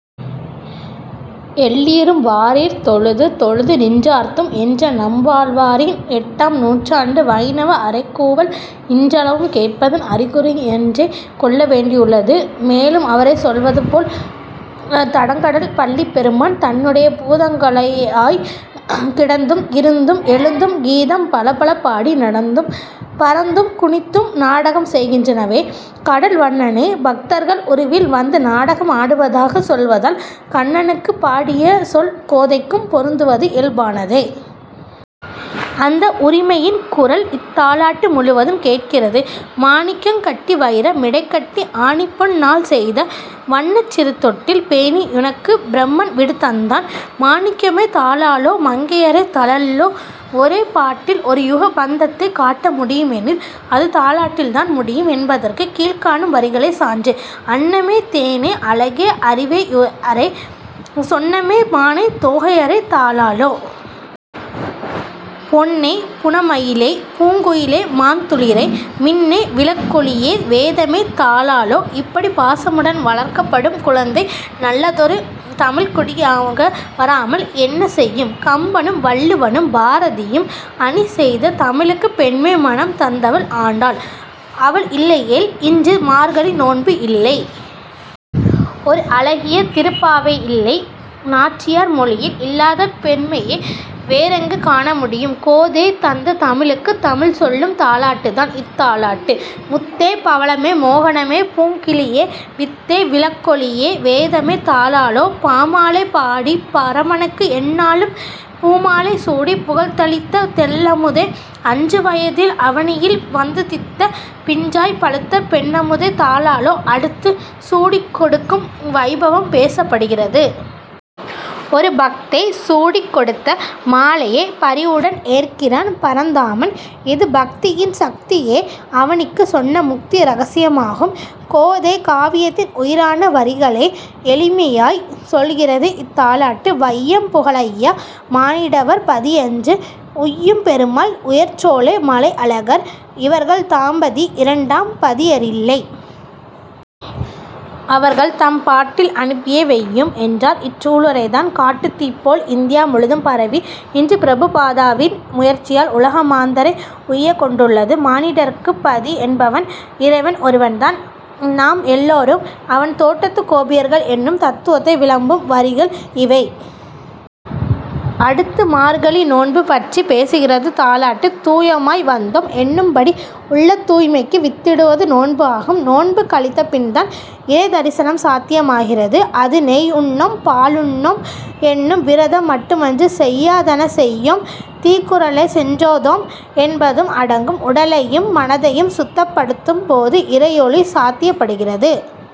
எல்லீரும் வாரீர், தொழுது, தொழுது நின்றார்த்தும்! " என்ற நம்வாழ்வாரின் எட்டாம் நூற்றாண்டு வைணவ அறைகூவல் இன்றளவும் கேட்பதன் அறிகுறியென்றே கொள்ள வேண்டியுள்ளது. மேலும் அவரே சொல்வது போல், "தடங்கடல் பள்ளிப் பெருமான், தன்னுடையப் பூதங்களேயாய் கிடந்தும், இருந்தும், எழுந்தும், கீதம் பலபல பாடி, நடந்தும், பரந்தும், குனித்தும் நாடகம் செய்கின்றனவே" கடல் வண்ணனே, பக்தர்கள் உருவில் வந்து நாடகம் ஆடுவதாகச் சொல்வதால், கண்ணனுக்குப் பாடிய சொல் கோதைக்கும் பொருந்துவது இயல்பானதே. அந்த உரிமையின் குரல் இத்தாலாட்டு முழுவதும் கேட்கிறது. மாணிக்கங் கட்டிவயிர மிடைக்கட்டி ஆணிப்பொன் னால்செய்த வண்ணச் சிறுதொட்டில் பேணி யுனக்குப் பிரமன் விடுதந்தான் மாணிக்கமே தாலேலோ மங்கையரே தலேலோ, ஒரே பாட்டில் ஒரு யுக பந்தத்தைக் காட்ட முடியுமெனில் அது தாலாட்டில்தான் முடியும் என்பதற்கு கீழ்க்காணும் வரிகளே சான்று; அன்னமே தேனே அழகே அரிவையரே சொன்னமே மானே தோகையரே தாலேலோ. பொன்னே புனமயிலே பூங்குயிலே மாந்துளிரே மின்னே விளக்கொளியே வேதமே தாலேலோ, இப்படிப் பாசமுடன் வளர்க்கப்படும் குழந்தை நல்லதொரு தமிழ்க் குடியாக வராமல் என்ன செய்யும்? கம்பனும், வள்ளுவனும், பாரதியும் அணி செய்த தமிழுக்குப் பெண்மை மணம் தந்தவள் ஆண்டாள். அவள் இல்லையேல் இன்று மார்கழி நோன்பு இல்லை. ஒரு அழகிய திருப்பாவையில்லை. நாச்சியார் மொழியில் இல்லாத பெண்மையை வேறெங்கு காணமுடியும்? கோதை தந்த தமிழுக்கு, தமிழ் சொல்லும் தாலாட்டுதான், இத்தாலாட்டு: முத்தே பவளமே மோகனமே பூங்கிளியே வித்தே விளக்கொளியே வேதமே தாலேலோ, "பாமாலை பாடிப் பரமனுக்கு என்னாளும் பூமாலை சூடிப் புகழ்தளித்த தெள்ளமுதே"!! அஞ்சு வயதில் அவனியில் வந்துதித்த பிஞ்சாய்ப் பழுத்த பெண்ணமுதே தாலேலோ, அடுத்து, சூடிக் கொடுக்கும் வைபவம் பேசப் படுகிறது. ஒரு பக்தை சூடிக் கொடுத்த மாலையைப் பரிவுடன் ஏற்கிறான் பரந்தாமன். இது பக்தியின் சக்தியை அவனிக்குச் சொன்ன முக்தி இரகசியமாகும். கோதை காவியத்தின் உயிரான வரிகளை எளிமையாய் சொல்கிறது இத்தாலாட்டு: வையம் புகழய்யா! மானிடவர் பதியன்று. "உய்யும் பெருமாள் உயர்சோலை மலையழகர் இவர்கள் தாம்பதி இரண்டாம் பதியரில்லை!! அவர்கள் தம்பாட்டில் அனுப்பியே வையும்!!! என்றார் இச்சூளுரைதான், காட்டுத்தீ போல் இந்தியா முழுதும் பரவி, இன்று பிரபு பாதாவின் முயற்சியால் உலக மாந்தரை உய்யக் கொண்டுள்ளது. மானிடர்க்குப் பதி என்பவன் இறைவன் ஒருவன்தான். நாம் எல்லோரும் அவன் தோட்டத்து கோபியர்கள் என்னும் தத்துவத்தை விளம்பும் வரிகள் இவை. அடுத்து மார்கழி நோன்பு பற்றிப் பேசுகிறது தாலாட்டு. "தூயோமாய் வந்தோம்" என்னும்படி உள்ளத் தூய்மைக்கு வித்திடுவது நோன்பு ஆகும். நோன்பு கழித்த பின்தான் இறைத் தரிசனம் சாத்தியமாகிறது. அது "நெய்யுண்ணோம், பாலுண்ணோம்" என்னும் விரதம் மட்டுமன்று, "செய்யாதன செய்யோம், தீக்குறளை சென்றோதோம்" என்பதும் அடங்கும். உடலையும், மனதையும் சுத்தப் படுத்தும் போது இறையொளி சாத்தியப் படுகிறது.